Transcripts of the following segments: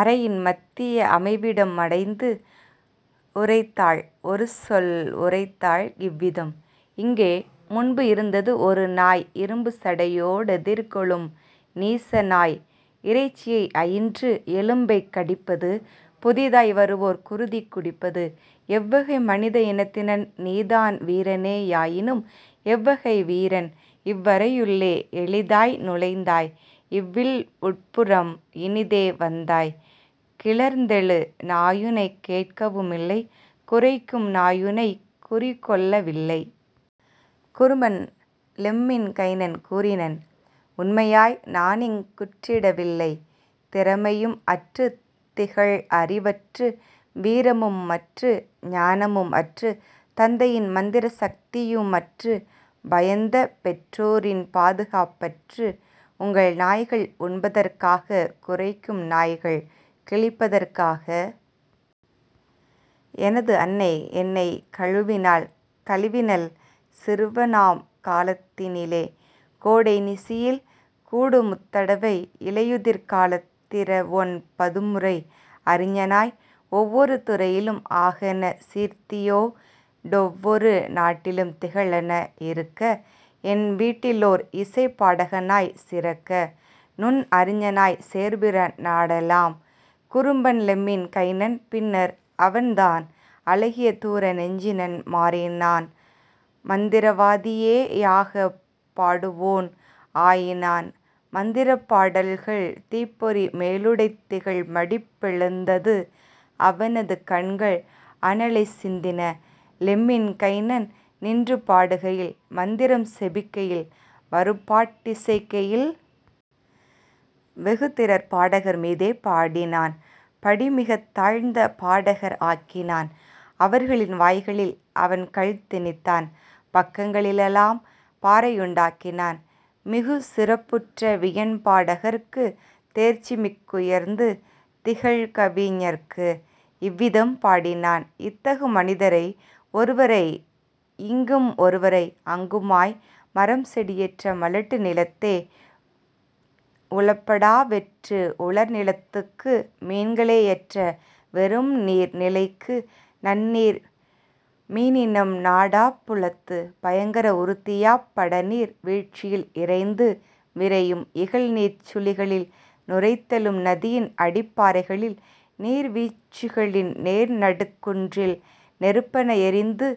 அறையின் மத்திய அமைவிடம் மடைந்து உரைத்தாள் ஒருசொல் உரைத்தாள் இவ்விதம்: "இங்கே முன்பு இருந்தது ஒருநாய் இரும்புச் சடையோ டெதிர்கொளும் நீசநாய் இறைச்சியை அயின்று எலும்பைக் கடிப்பது புதிதாய் வருவோர் குருதி குடிப்பது. எவ்வகை மனித இனத்தினன் நீதான் வீரனே யாயினும் எவ்வகை வீரன் இவ்வறை யுள்ளே எளிதாய் நுழைந்தாய் இவ்வில் உட்புறம் இனிதே வந்தாய் கிளர்ந்தெழு நாயுனைக் கேட்கவு மில்லை குரைக்கும் நாயுனைக் குறிகொள்ள வில்லை. " குறும்பன் லெம்மின் கைனன் கூறினன்: "உண்மையாய் நானிங் குற்றிட வில்லை திறமையும் அற்றுத் திகழ்அறி வற்று வீரமும் அற்று ஞானமும் அற்று தந்தையின் மந்திர சக்தியு மற்று பயந்தபெற் றோரின் பாதுகாப் பற்று உங்கள் நாய்கள் உண்பதற் காக குரைக்கும் நாய்கள் கிழிப்பதற் காக. எனது அன்னை என்னைக் கழுவினாள் கழுவினள் சிறுவனாம் காலத் தினிலே கோடை நிசியில் கூடுமுத் தடவை இலையுதிர் காலத் திரவொன் பதுமுறை அறிஞனாய் ஒவ்வொரு துறையிலும் ஆகென சீர்த்தியோ டொவ்வொரு நாட்டிலும் திகழென இருக்கஎன் வீட்டிலோர் இசைப்பா டகனாய் சிறக்கநுண் அறிஞனாய்ச் சேர்பிற நாடெலாம். " குறும்பன் லெம்மின் கைனன் பின்னர் அவன்தான் அழகிய தூர நெஞ்சினன் மாறினான் மந்திர வாதியே யாக பாடுவோன் ஆயினான் மந்திரப் பாடல்கள் தீப்பொறி மேலுடைத் திகழ்மடிப் பெழுந்தது அவனது கண்கள் அனலைச் சிந்தின லெம்மின் கைனன் நின்றுபா டுகையில் மந்திரம் செபிக்கையில் வருபாட் டிசைக்கையில். வெகுதிறற் பாடகர் மீதே பாடினான் படிமிகத் தாழ்ந்த பாடகர் ஆக்கினான் அவர்களின் வாய்களில் அவன்கல் திணித்தான் பக்கங் களிலெலாம் பாறையுண் டாக்கினான் மிகுசிறப் புற்ற வியன்பா டகற்கு தேர்ச்சிமிக் குயர்ந்து திகழ்கவி ஞர்க்கு. இவ்விதம் பாடினான் இத்தகு மனிதரை ஒருவரை இங்கும் ஒருவரை அங்குமாய் மரம் செடியற்ற மலட்டு நிலத்தே உழப் படாவெற்று உலர்நிலத் துக்கு மீன்களே யற்ற வெறும்நீர் நிலைக்கு நன்னீர் மீனினம் நாடாப் புலத்து பயங்கர உறுத்தியாப் படர்நீர் வீழ்ச்சியில் இரைந்து விரையும் இகல்நீர்ச் சுழிகளில் நுரைத்தெழும் நதியின் அடிப்பா றைகளில் நீர்வீழ்ச் சிகளின் நேர்நடுக் குன்றில் நெருப்பென எரிந்து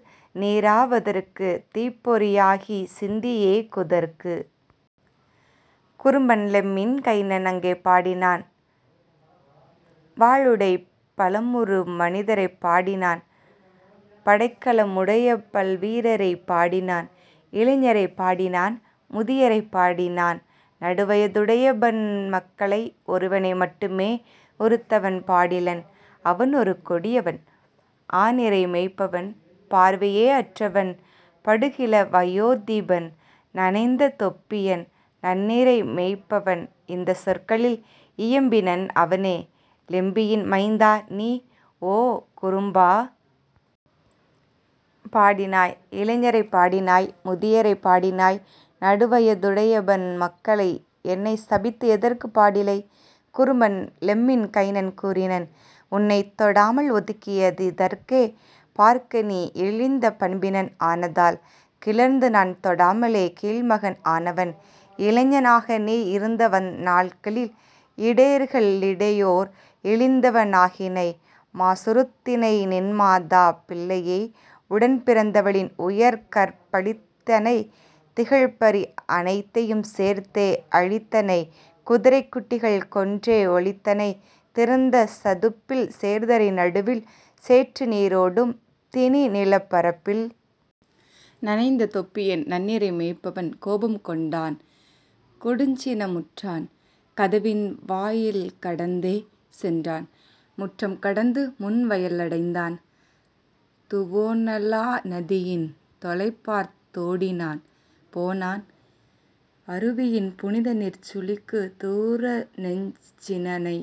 நீறா வதற்கு தீப்பொறி யாகிச் சிந்தியே குதற்கு. குறும்பன் லெம்மின் கைனன் அங்கே பாடினான் வாளுடைப் பலமுறு மனிதரை பாடினான் படைக்கல முடையபல் வீரரை பாடினான் இளைஞரைப் பாடினான் முதியரை பாடினான் நடுவய துடையபன் மக்களை ஒருவனை மட்டுமே உருத்தவன் பாடிலன் அவனொரு கொடியவன் ஆநிரை மேய்ப்பவன் பார்வையே அற்றவன் படுகிழ வயோதிபன். நனைந்த தொப்பியன் நன்னிரை மேய்ப்பவன் இந்தச் சொற்களில் இயம்பினன் அவனே: "லெம்பியின் மைந்தா நீ, ஓ, குறும்பா! பாடினாய் இளைஞரைப் பாடினாய் முதியரை பாடினாய் நடுவய துடையபன் மக்களை என்னைச் சபித்து எதற்குப் பாடிலை? " குறும்பன் லெம்மின் கைனன் கூறினன்: "உன்னைத் தொடாமல் ஒதுக்கிய திதற்கே பார்க்கநீ இழிந்த பண்பினன் ஆனதால், கிளர்ந்துநான் தொடாமலே கீழ்மகன் ஆனவன்; இளைஞன் ஆகநீ இருந்தவந் நாட்களில் இடையர்க ளிடையோர் இழிந்தவ னாகினை மாசுறுத் தினைநின் மாதா பிள்ளையை உடன்பிறந் தவளின் உயர்கற் பழித்தனை திகழ்பரி அனைத்தையும் சேர்த்தே அழித்தனை குதிரைக் குட்டிகள் கொன்றே ஒழித்தனை திறந்த சதுப்பில் சேர்தரை நடுவில் சேற்று நீரோடும் திணிநிலப் பரப்பில். " நனைந்த தொப்பியன் நன்னிரை மேய்ப்பவன் கோபம் கொண்டான் கொடுஞ்சின முற்றான் கதவின் வாயில் கடந்தே சென்றான் முற்றம் கடந்து முன்வய லடைந்தான் துவோனலா நதியின் தொலைபார்த் தோடினான் போனான் அருவியின் புனிதநீர்ச் சுழிக்கு தூரநெஞ் சினனை